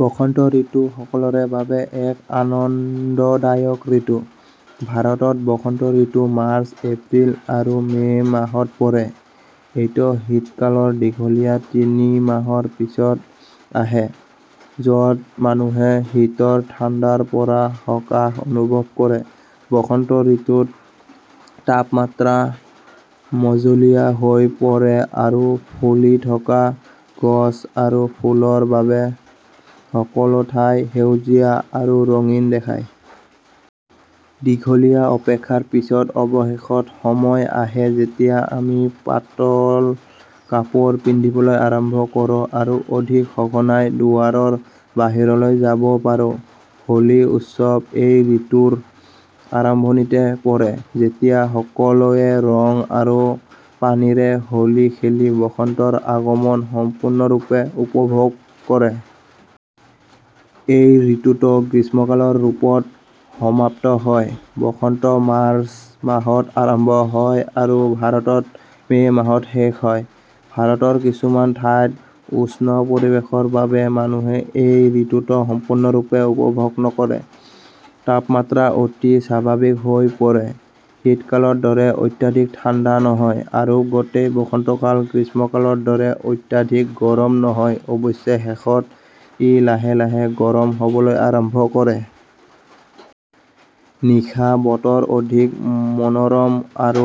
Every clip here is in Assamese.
বসন্ত ঋতু সকলোৰে বাবে এক আনন্দদায়ক ঋতু। ভাৰতত বসন্ত ঋতু মাৰ্চ, এপ্ৰিল আৰু মে মাহত পৰে। এইটো শীতকালৰ দীঘলীয়া তিনি মাহৰ পিছত আহে য'ত মানুহে শীতৰ ঠাণ্ডাৰ পৰা সকাহ অনুভৱ কৰে। বসন্ত ঋতুত তাপমাত্ৰা মজলীয়া হৈ পৰে আৰু ফুলি থকা গছ আৰু ফুলৰ বাবে সকলোঠাই সেউজীয়া আৰু ৰঙীন দেখায়। দীঘলীয়া অপেক্ষাৰ পিছত, অৱশেষত সময় আহে যেতিয়া আমি পাতল কাপোৰ পিন্ধিবলৈ আৰম্ভ কৰোঁ আৰু অধিক সঘনাই দুৱাৰৰ বাহিৰলৈ যাব পাৰো। হোলী উৎসৱ এই ঋতুৰ আৰম্ভণিতে পৰে যেতিয়া সকলোৱে ৰং আৰু পানীৰে হোলী খেলি বসন্তৰ আগমন সম্পূৰ্ণৰূপে উপভোগ কৰে। এই ঋতুটো গ্ৰীষ্মকালৰ ৰূপত সমাপ্ত হয়। বসন্ত মাৰ্চ মাহত আৰম্ভ হয় আৰু ভাৰতত মে মাহত শেষ হয়। ভাৰতৰ কিছুমান ঠাইত, উষ্ণ পৰিৱেশৰ বাবে মানুহে এই ঋতুটো সম্পূৰ্ণৰূপে উপভোগ নকৰে। তাপমাত্ৰা অতি স্বাভাৱিক হৈ পৰে, শীতকালৰ দৰে অত্যাধিক ঠাণ্ডা নহয় আৰু গোটেই বসন্তকালত গ্ৰীষ্মকালৰ দৰে অত্যাধিক গৰম নহয় অৱশ্যে শেষত ই লাহে লাহে গৰম হ'বলৈ আৰম্ভ কৰে। নিশা, বতৰ অধিক মনোৰম আৰু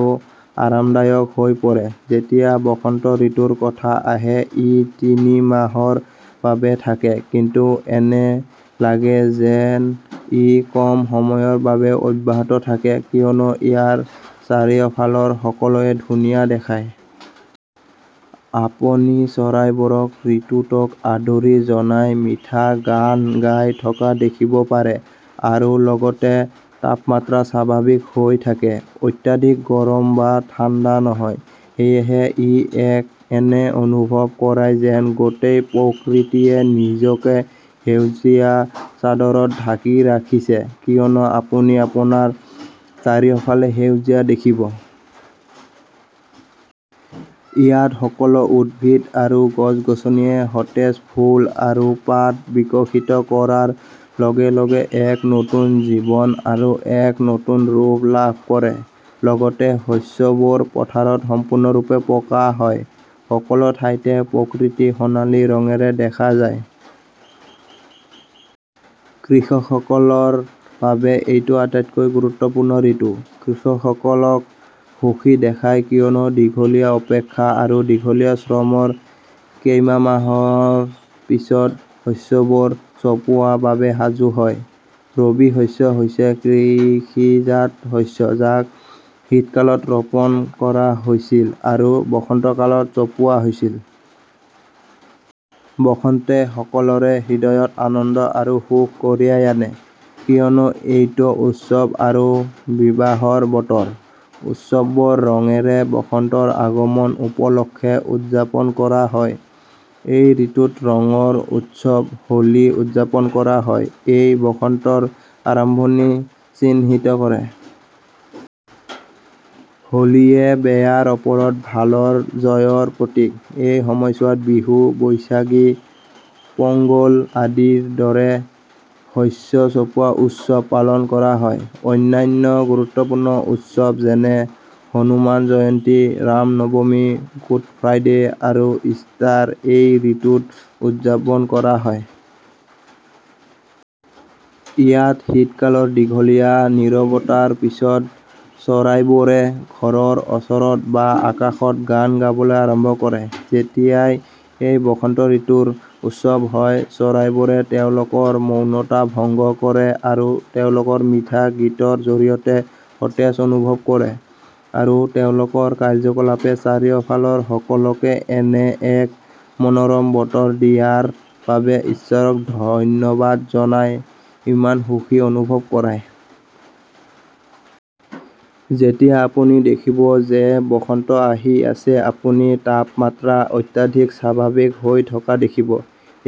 আৰামদায়ক হৈ পৰে। যেতিয়া বসন্ত ঋতুৰ কথা আহে, ই তিনি মাহৰ বাবে থাকে, কিন্তু এনে লাগে যেন ই কম সময়ৰ বাবে অব্যাহত থাকে কিয়নো ইয়াৰ চাৰিওফালৰ সকলোবোৰ ধুনীয়া দেখায়। আপুনি চৰাইবোৰক ঋতুটোক আদৰণি জনাই মিঠা গান গাই থকা দেখিব পাৰে, আৰু লগতে, তাপমাত্ৰা স্বাভাৱিক হৈ থাকে, অত্যাধিক গৰম বা ঠাণ্ডা নহয়। সেয়েহে, ই এনে অনুভৱ কৰায় যেন গোটেই প্ৰকৃতিয়ে নিজকে সেউজীয়া চাদৰত ঢাকি ৰাখিছে কিয়নো আপুনি আপোনাৰ চাৰিওফালে সেউজীয়া দেখিব। ইয়াত, সকলো উদ্ভিদ আৰু গছ-গছনিয়ে সতেজ ফুল আৰু পাত বিকশিত কৰাৰ লগে লগে এক নতুন জীৱন আৰু এক নতুন ৰূপ লাভ কৰে। লগতে, শস্যবোৰ পথাৰত সম্পূৰ্ণৰূপে পকা হয়, সকলো ঠাইতে প্ৰকৃতি সোণালী ৰঙেৰে দেখা যায়। কৃষকসকলৰ বাবে এইটো আটাইতকৈ গুৰুত্বপূৰ্ণ ঋতু। কৃষকসকলক সুখী দেখায় কিয়নো দীঘলীয়া অপেক্ষা আৰু দীঘলীয়া শ্ৰমৰ কেইমাহমানৰ পিছত, শস্যবোৰ চপোৱাৰ বাবে সাজু হয়। ৰবি শস্য হৈছে কৃষিজাত শস্য যাক শীতকালত ৰোপণ কৰা হৈছিল আৰু বসন্তকালত চপোৱা হৈছিল। বসন্তে সকলোৰে হৃদয়ত আনন্দ আৰু সুখ কঢ়িয়াই আনে, কিয়নো এইটো উৎসৱ আৰু বিবাহৰ বতৰ। উৎসৱবোৰ ৰঙেৰে বসন্তৰ আগমন উপলক্ষে উদযাপন কৰা হয়। এই ঋতুত ৰঙৰ উৎসৱ হোলী উদযাপন কৰা হয়। ই বসন্তৰ আৰম্ভণি চিহ্নিত কৰে। হোলীয়ে বেয়াৰ ওপৰত ভালৰ জয়ৰ প্ৰতীক। এই সময়ছোৱাত বিহু, বৈশাখী, পোংগল আদি ৰ দৰে শস্য চপোৱা উৎসৱ পালন কৰা হয়। অন্যান্য গুৰুত্বপূৰ্ণ উৎসৱ যেনে হনুমান জয়ন্তী, ৰাম নৱমী, গুড ফ্ৰাইডে, আৰু ইষ্টাৰ এই ঋতুত উদযাপন কৰা হয়। ইয়াত, শীতকালৰ দীঘলীয়া নীৰৱতাৰ পিছত, চৰাইবোৰে ঘৰৰ ওচৰত বা আকাশত গান গাবলৈ আৰম্ভ কৰে। যেতিয়াই এই বসন্তঋতুৰ উদ্ভৱ হয়, চৰাইবোৰে তেওঁলোকৰ মৌনতা ভংগ কৰে আৰু তেওঁলোকৰ মিঠা গীতৰ জৰিয়তে সতেজ অনুভৱ কৰে, আৰু তেওঁলোকৰ কাৰ্যকলাপে চাৰিওফালৰ সকলোকে এনে এক মনোৰম বতৰ দিয়াৰ বাবে ঈশ্বৰক ধন্যবাদ জনাই ইমান সুখী অনুভৱ কৰায়। যেতিয়া আপুনি দেখিব যে বসন্ত আহি আছে, আপুনি তাপমাত্ৰা অত্যাধিক স্বাভাৱিক হৈ থকা দেখিব।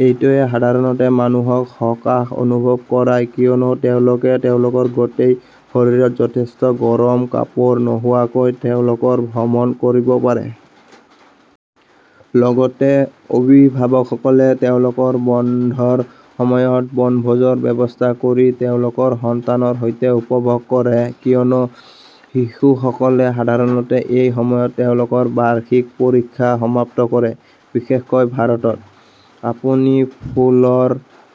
এইটোৱে সাধাৰণতে মানুহক সকাহ অনুভৱ কৰায় কিয়নো তেওঁলোকে তেওঁলোকৰ গোটেই শৰীৰত যথেষ্ট গৰম কাপোৰ নোহোৱাকৈ তেওঁলোকৰ ভ্ৰমণ কৰিব পাৰে। লগতে, অভিভাৱকসকলে তেওঁলোকৰ বন্ধৰ সময়ত বনভোজৰ ব্যৱস্থা কৰি তেওঁলোকৰ সন্তানৰ সৈতে উপভোগ কৰে কিয়নো শিশুসকলে সাধাৰণতে এই সময়ত তেওঁলোকৰ বাৰ্ষিক পৰীক্ষা সমাপ্ত কৰে, বিশেষকৈ ভাৰতত।। আপুনি ফুলৰ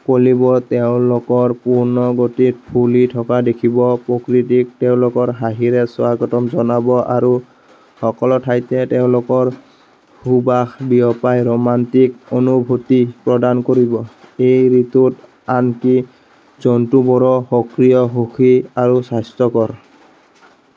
কলিবোৰ তেওঁলোকৰ পূৰ্ণ গতিত ফুলি থকা দেখিব, প্ৰকৃতিক তেওঁলোকৰ হাঁহিৰে স্বাগতম জনাব আৰু সকলোঠাইতে তেওঁলোকৰ সুবাস বিয়পাই ৰোমাণ্টিক অনুভূতি প্ৰদান কৰিব। এই ঋতুত, আনকি জন্তুবোৰো সক্ৰিয়, সুখী আৰু স্বাস্থ্যকৰ।